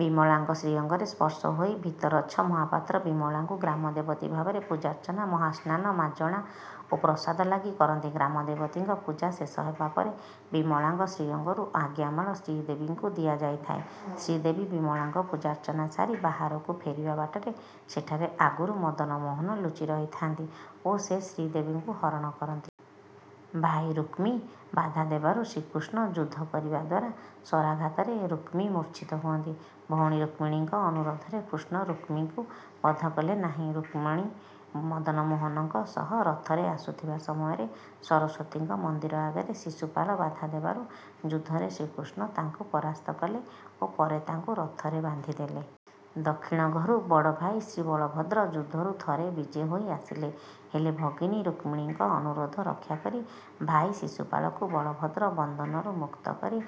ବିମଳାଙ୍କ ଶ୍ରୀଅଙ୍ଗରେ ସ୍ପର୍ଶ ହୋଇ ଭିତରଛ ମହାପାତ୍ର ବିମଳାଙ୍କୁ ଗ୍ରାମଦେବତୀ ଭାବରେ ପୂଜାର୍ଚ୍ଚନା ମହାସ୍ନାନ ମାଜଣା ଓ ପ୍ରସାଦ ଲାଗି କରନ୍ତି। ଗ୍ରାମଦେବତୀଙ୍କ ପୂଜା ଶେଷ ହେବା ପରେ ବିମଳାଙ୍କ ଶ୍ରୀଅଙ୍ଗରୁ ଆଜ୍ଞାମାଳ ଶ୍ରୀଦେବୀଙ୍କୁ ଦିଆଯାଇଥାଏ। ଶ୍ରୀଦେବୀ ବିମଳାଙ୍କ ପୂଜାର୍ଚ୍ଚନା ସାରି ବାହାରକୁ ଫେରିବା ବାଟରେ ସେଠାରେ ଆଗରୁ ମଦନମୋହନ ଲୁଚି ରହିଥାନ୍ତି ଓ ସେ ଶ୍ରୀଦେବୀଙ୍କୁ ହରଣ କରନ୍ତି। ଭାଇ ରୁକ୍ମୀ ବାଧା ଦେବାରୁ ଶ୍ରୀକୃଷ୍ଣ ଯୁଦ୍ଧ କରିବା ଦ୍ୱାରା ଶରାଘାତରେ ରୁକ୍ମୀ ମୂର୍ଚ୍ଛିତ ହୁଅନ୍ତି। ଭଉଣୀ ରୁକ୍ମିଣୀଙ୍କ ଅନୁରୋଧରେ କୃଷ୍ଣ ରୁକ୍ମୀଙ୍କୁ ବଧ କଲେ ନାହିଁ। ରୁକ୍ମିଣୀ ମଦନମୋହନଙ୍କ ସହ ରଥରେ ଆସୁଥିବା ସମୟରେ ସରସ୍ୱତୀଙ୍କ ମନ୍ଦିର ଆଗରେ ଶିଶୁପାଳ ବାଧା ଦେବାରୁ ଯୁଦ୍ଧରେ ଶ୍ରୀକୃଷ୍ଣ ତାଙ୍କୁ ପରାସ୍ତ କଲେ ଓ ପରେ ତାଙ୍କୁ ରଥରେ ବାନ୍ଧି ଦେଲେ। ଦକ୍ଷିଣ ଘରୁ ବଡ଼ଭାଇ ଶ୍ରୀବଳଭଦ୍ର ଯୁଦ୍ଧକୁ ରଥରେ ବିଜେ ହୋଇ ଆସିଲେ। ହେଲେ ଭଗିନୀ ରୁକ୍ମିଣୀଙ୍କ ଅନୁରୋଧ ରକ୍ଷା କରି ଭାଇ ଶିଶୁପାଳକୁ ବଳଭଦ୍ର ବନ୍ଧନରୁ ମୁକ୍ତ କରି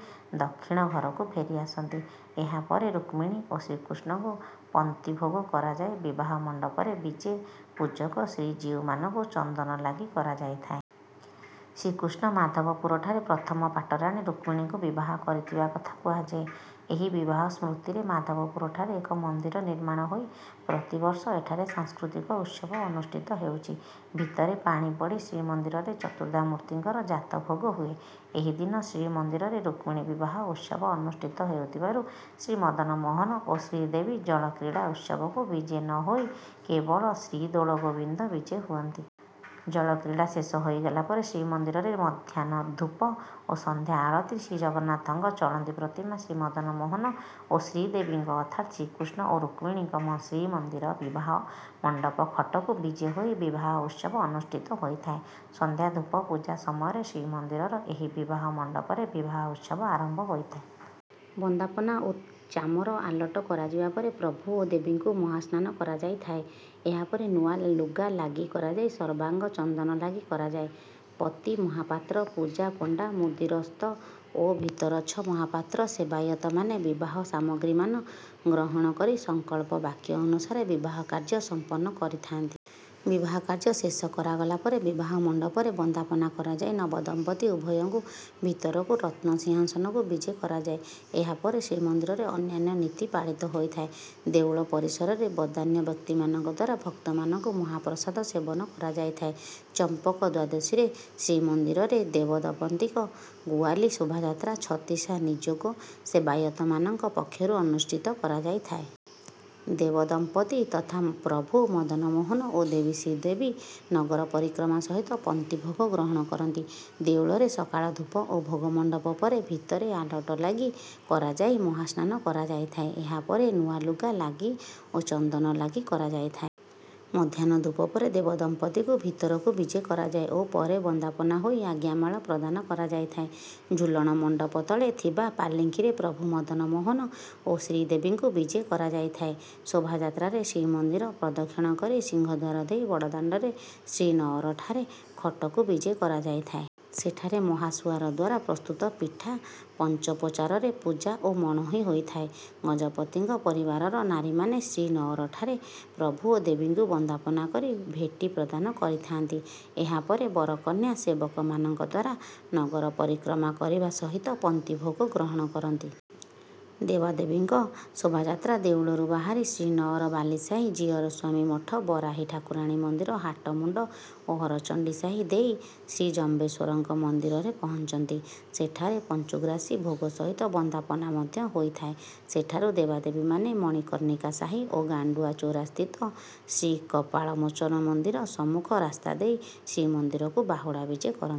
ଦକ୍ଷିଣ ଘରକୁ ଫେରିଆସନ୍ତି। ଏହାପରେ ରୁକ୍ମିଣୀ ଓ ଶ୍ରୀକୃଷ୍ଣଙ୍କୁ ପନ୍ତିଭୋଗ କରାଯାଇ ବିବାହ ମଣ୍ଡପରେ ବିଜେ ପୂଜକ ଶ୍ରୀଜୀଉମାନଙ୍କୁ ଚନ୍ଦନ ଲାଗି କରାଯାଇଥାଏ। ଶ୍ରୀକୃଷ୍ଣ ମାଧବପୁରଠାରେ ପ୍ରଥମ ପାଟରାଣୀ ରୁକ୍ମିଣୀଙ୍କୁ ବିବାହ କରିଥିବା କଥା କୁହାଯାଏ। ଏହି ବିବାହ ସ୍ମୃତିରେ ମାଧବପୁରଠାରେ ଏକ ମନ୍ଦିର ନିର୍ମାଣ ହୋଇ ପ୍ରତିବର୍ଷ ଏଠାରେ ସାଂସ୍କୃତିକ ଉତ୍ସବ ଅନୁଷ୍ଠିତ ହେଉଛି। ଭିତରେ ପାଣି ପଡ଼ି ଶ୍ରୀମନ୍ଦିରରେ ଚତୁର୍ଦ୍ଧାମୂର୍ତ୍ତିଙ୍କର ଯାତଭୋଗ ହୁଏ। ଏହିଦିନ ଶ୍ରୀମନ୍ଦିରରେ ରୁକ୍ମିଣୀ ବିବାହ ଉତ୍ସବ ଅନୁଷ୍ଠିତ ହେଉଥିବାରୁ ଶ୍ରୀମଦନମୋହନ ଓ ଶ୍ରୀଦେବୀ ଜଳକ୍ରୀଡ଼ା ଉତ୍ସବକୁ ବିଜେ ନ ହୋଇ କେବଳ ଶ୍ରୀଦୋଳଗୋବିନ୍ଦ ବିଜେ ହୁଅନ୍ତି। ଜଳକ୍ରୀଡ଼ା ଶେଷ ହୋଇଗଲା ପରେ ଶ୍ରୀମନ୍ଦିରରେ ମଧ୍ୟାହ୍ନ ଧୂପ ଓ ସନ୍ଧ୍ୟା ଆଳତି ଶ୍ରୀଜଗନ୍ନାଥଙ୍କ ଚଳନ୍ତି ପ୍ରତିମା ଶ୍ରୀମଦନମୋହନ ଓ ଶ୍ରୀଦେବୀଙ୍କ ଅର୍ଥାତ ଶ୍ରୀକୃଷ୍ଣ ଓ ରୁକ୍ମିଣୀଙ୍କ ଶ୍ରୀମନ୍ଦିର ବିବାହ ମଣ୍ଡପ ଖଟକୁ ବିଜେ ହୋଇ ବିବାହ ଉତ୍ସବ ଅନୁଷ୍ଠିତ ହୋଇଥାଏ। ସନ୍ଧ୍ୟା ଧୂପ ପୂଜା ସମୟରେ ଶ୍ରୀମନ୍ଦିରର ଏହି ବିବାହ ମଣ୍ଡପରେ ବିବାହ ଉତ୍ସବ ଆରମ୍ଭ ହୋଇଥାଏ। ବନ୍ଦାପନା ଓ ଚାମର ଆଲଟ କରାଯିବା ପରେ ପ୍ରଭୁ ଓ ଦେବୀଙ୍କୁ ମହାସ୍ନାନ କରାଯାଇଥାଏ। ଏହାପରେ ନୂଆ ଲୁଗା ଲାଗି କରାଯାଇ ସର୍ବାଙ୍ଗ ଚନ୍ଦନ ଲାଗି କରାଯାଏ। ପତି ମହାପାତ୍ର ପୂଜା ପଣ୍ଡା ମୁଦିରସ୍ତ ଓ ଭିତରଛ ମହାପାତ୍ର ସେବାୟତମାନେ ବିବାହ ସାମଗ୍ରୀମାନ ଗ୍ରହଣ କରି ସଂକଳ୍ପ ବାକ୍ୟ ଅନୁସାରେ ବିବାହ କାର୍ଯ୍ୟ ସମ୍ପନ୍ନ କରିଥାନ୍ତି। ବିବାହ କାର୍ଯ୍ୟ ଶେଷ କରାଗଲା ପରେ ବିବାହ ମଣ୍ଡପରେ ବନ୍ଦାପନା କରାଯାଇ ନବଦମ୍ପତି ଉଭୟଙ୍କୁ ଭିତରକୁ ରତ୍ନସିଂହାସନକୁ ବିଜେ କରାଯାଏ। ଏହା ପରେ ଶ୍ରୀମନ୍ଦିରରେ ଅନ୍ୟାନ୍ୟ ନୀତି ପାଳିତ ହୋଇଥାଏ। ଦେଉଳ ପରିସରରେ ବଦାନ୍ୟ ବ୍ୟକ୍ତିମାନଙ୍କ ଦ୍ୱାରା ଭକ୍ତମାନଙ୍କୁ ମହାପ୍ରସାଦ ସେବନ କରାଯାଇଥାଏ। ଚମ୍ପକ ଦ୍ୱାଦଶୀରେ ଶ୍ରୀମନ୍ଦିରରେ ଦେବଦମ୍ପତିଙ୍କ ଗୁଆଲି ଶୋଭାଯାତ୍ରା ଛତିଶା ନିଯୋଗ ସେବାୟତମାନଙ୍କ ପକ୍ଷରୁ ଅନୁଷ୍ଠିତ କରାଯାଇଥାଏ। ଦେବଦମ୍ପତି ତଥା ପ୍ରଭୁ ମଦନମୋହନ ଓ ଦେବୀ ଶ୍ରୀଦେବୀ ନଗର ପରିକ୍ରମା ସହିତ ପନ୍ତିଭୋଗ ଗ୍ରହଣ କରନ୍ତି। ଦେଉଳରେ ସକାଳ ଧୂପ ଓ ଭୋଗମଣ୍ଡପ ପରେ ଭିତରେ ଆଲଟ ଲାଗି କରାଯାଇ ମହାସ୍ନାନ କରାଯାଇଥାଏ। ଏହାପରେ ନୂଆ ଲୁଗା ଲାଗି ଓ ଚନ୍ଦନ ଲାଗି କରାଯାଇଥାଏ। ମଧ୍ୟାହ୍ନ ଧୂପ ପରେ ଦେବଦମ୍ପତିଙ୍କୁ ଭିତରକୁ ବିଜେ କରାଯାଏ ଓ ପରେ ବନ୍ଦାପନା ହୋଇ ଆଜ୍ଞାମାଳ ପ୍ରଦାନ କରାଯାଇଥାଏ। ଝୁଲଣ ମଣ୍ଡପ ତଳେ ଥିବା ପାଲିଙ୍କିରେ ପ୍ରଭୁ ମଦନମୋହନ ଓ ଶ୍ରୀଦେବୀଙ୍କୁ ବିଜେ କରାଯାଇଥାଏ। ଶୋଭାଯାତ୍ରାରେ ଶ୍ରୀମନ୍ଦିର ପ୍ରଦକ୍ଷଣ କରି ସିଂହଦ୍ୱାର ଦେଇ ବଡ଼ଦାଣ୍ଡରେ ଶ୍ରୀନଅରଠାରେ ଖଟକୁ ବିଜେ କରାଯାଇଥାଏ। ସେଠାରେ ମହାସୁଆର ଦ୍ୱାରା ପ୍ରସ୍ତୁତ ପିଠା ପଞ୍ଚୋପଚାରରେ ପୂଜା ଓ ମଣୋହି ହୋଇଥାଏ। ଗଜପତିଙ୍କ ପରିବାରର ନାରୀମାନେ ଶ୍ରୀନଅରଠାରେ ପ୍ରଭୁ ଓ ଦେବୀଙ୍କୁ ବନ୍ଦାପନା କରି ଭେଟି ପ୍ରଦାନ କରିଥାନ୍ତି। ଏହାପରେ ବରକନ୍ୟା ସେବକମାନଙ୍କ ଦ୍ୱାରା ନଗର ପରିକ୍ରମା କରିବା ସହିତ ପନ୍ତିଭୋଗ ଗ୍ରହଣ କରନ୍ତି। ଦେବାଦେବୀଙ୍କ ଶୋଭାଯାତ୍ରା ଦେଉଳରୁ ବାହାରି ଶ୍ରୀନଅର ବାଲିସାହି ଜିୟରସ୍ୱାମୀ ମଠ ବରାହୀ ଠାକୁରାଣୀ ମନ୍ଦିର ହାଟମୁଣ୍ଡ ଓ ହରଚଣ୍ଡୀ ସାହି ଦେଇ ଶ୍ରୀଜମ୍ବେଶ୍ୱରଙ୍କ ମନ୍ଦିରରେ ପହଞ୍ଚନ୍ତି। ସେଠାରେ ପଞ୍ଚୁଗ୍ରାସୀ ଭୋଗ ସହିତ ବନ୍ଦାପନା ମଧ୍ୟ ହୋଇଥାଏ। ସେଠାରୁ ଦେବାଦେବୀମାନେ ମଣିକର୍ଣ୍ଣିକା ସାହି ଓ ଗାଣ୍ଡୁଆ ଚୌରାସ୍ଥିତ ଶ୍ରୀକପାଳମୋଚନ ମନ୍ଦିର ସମ୍ମୁଖ ରାସ୍ତା ଦେଇ ଶ୍ରୀମନ୍ଦିରକୁ ବାହୁଡ଼ା ବିଜେ କରନ୍ତି।